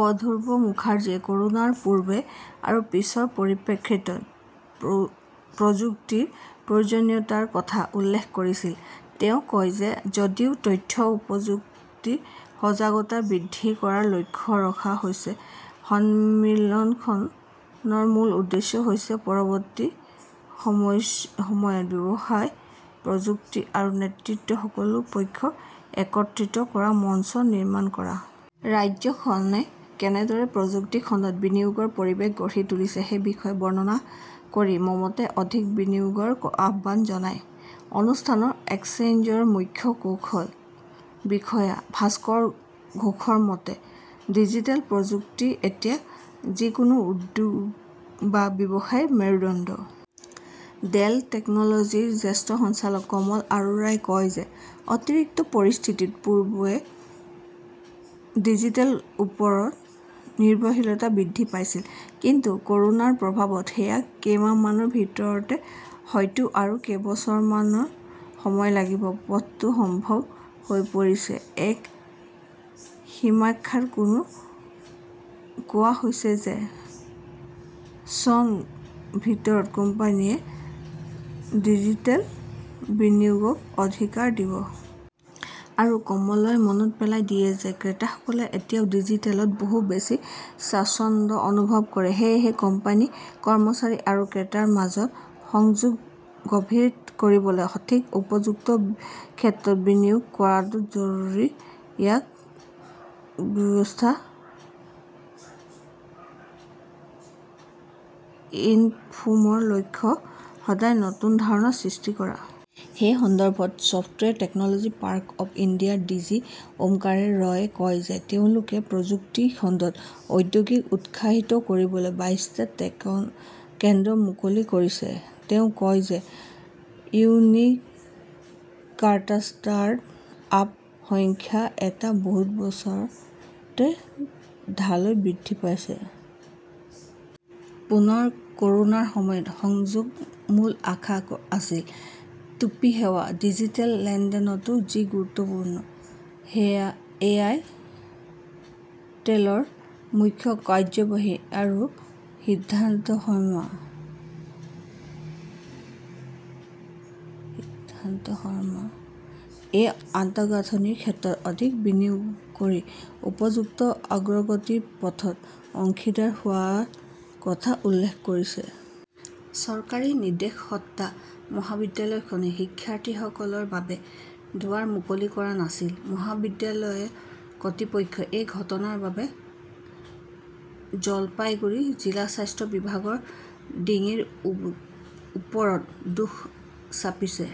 অ, ধ্ৰুৱ মুখাৰ্জীয়ে কৰোনাৰ পূৰ্বে আৰু পিছৰ পৰিপ্ৰেক্ষিতত প্ৰযুক্তিৰ প্ৰয়োজনীয়তাৰ কথা উল্লেখ কৰিছিল। তেওঁ কয় যে যদিও তথ্য প্ৰযুক্তিৰ সজাগতা বৃদ্ধি কৰাৰ লক্ষ্য ৰখা হৈছে, সন্মিলনখনৰ মূল উদ্দেশ্য হৈছে পৰৱৰ্তী সময়ত ব্যৱসায়, প্ৰযুক্তি আৰু নেতৃত্ব, সকলো পক্ষক একত্ৰিত কৰাৰ মঞ্চ নিৰ্মাণ কৰা। ৰাজ্যখনে কেনেদৰে প্ৰযুক্তি খণ্ডত বিনিয়োগৰ পৰিৱেশ গঢ়ি তুলিছে সেই বিষয়ে বৰ্ণনা কৰি মমতাই অধিক বিনিয়োগৰ আহ্বান জনায়। অনুষ্ঠানত এক্সেঞ্চাৰৰ মুখ্য কৌশল বিষয়া ভাস্কৰ ঘোষৰ মতে, ডিজিটেল প্ৰযুক্তি এতিয়া যিকোনো উদ্যোগ বা ব্যৱসায়ৰ মেৰুদণ্ড। ডেল টেকনলজিছৰ জ্যেষ্ঠ সঞ্চালক কমল আৰোৰাই কয় যে অতিৰিক্ত পৰিস্থিতিৰ পূৰ্বে ডিজিটেলৰ ওপৰত নিৰ্ভৰশীলতা বৃদ্ধি পাইছিল। কিন্তু কৰোনাৰ প্ৰভাৱত যোৱা কেইমাহমানৰ ভিতৰতে হয়তো আৰু কেইবছৰমান সময় লাগিব পৰা পথটো সম্ভৱ হৈ পৰিছে। এক সমীক্ষাত কোৱা হৈছে যে চন ভিতৰত কোম্পানীয়ে ডিজিটেল বিনিয়োগক অগ্ৰাধিকাৰ দিব। আৰু কমলই মনত পেলাই দিয়ে যে ক্ৰেতাসকলেও এতিয়া ডিজিটেলত বহুত বেছি স্বাচ্ছন্দ্য অনুভৱ কৰে। সেয়েহে কোম্পানী, কৰ্মচাৰী আৰু ক্ৰেতাৰ মাজৰ সংযোগ গভীৰ কৰিবলৈ সঠিক উপযুক্ত ক্ষেত্ৰত বিনিয়োগ কৰাটো জৰুৰী। ইনফোকমৰ লক্ষ্য সদায় নতুন ধাৰণাৰ সৃষ্টি কৰা। সেই সন্দৰ্ভত ছফ্টৱেৰ টেকনলজি পাৰ্ক অৱ ইণ্ডিয়াৰ ডিজি ওমকাৰ ৰায়ে কয় যে তেওঁলোকে প্ৰযুক্তি খণ্ডত উদ্যোগসমূহক উৎসাহিত কৰিবলৈ বাইছ টা কেন্দ্ৰ মুকলি কৰিছে। তেওঁ কয় যে ইউনিকৰ্ণ ষ্টাৰ্ট-আপৰ সংখ্যা এই বছৰতে টালৈ বৃদ্ধি পাইছে। পুনৰ কৰোনাৰ সময়ত সংযোগৰ মূল আশা আছিল টেলি সেৱা। ডিজিটেল লেনদেনতো যি গুৰুত্বপূৰ্ণ। এয়াৰটেলৰ মুখ্য কাৰ্যবাহী বিষয়া সিদ্ধাৰ্থ শৰ্মাই সেই আন্তঃগাঁথনিৰ ক্ষেত্ৰত অধিক বিনিয়োগ কৰি উপযুক্ত অগ্ৰগতিৰ পথত অংশীদাৰ হোৱাৰ কথা উল্লেখ কৰিছে। চৰকাৰী নিৰ্দেশ সত্তা মহাবিদ্যালয়খনে শিক্ষাৰ্থীসকলৰ বাবে দুৱাৰ মুকলি কৰা নাছিল। মহাবিদ্যালয়ৰ কৰ্তৃপক্ষই এই ঘটনাৰ বাবে জলপাইগুৰি জিলা স্বাস্থ্য বিভাগৰ ডিঙিৰ ওপৰত দোষ চাপিছে।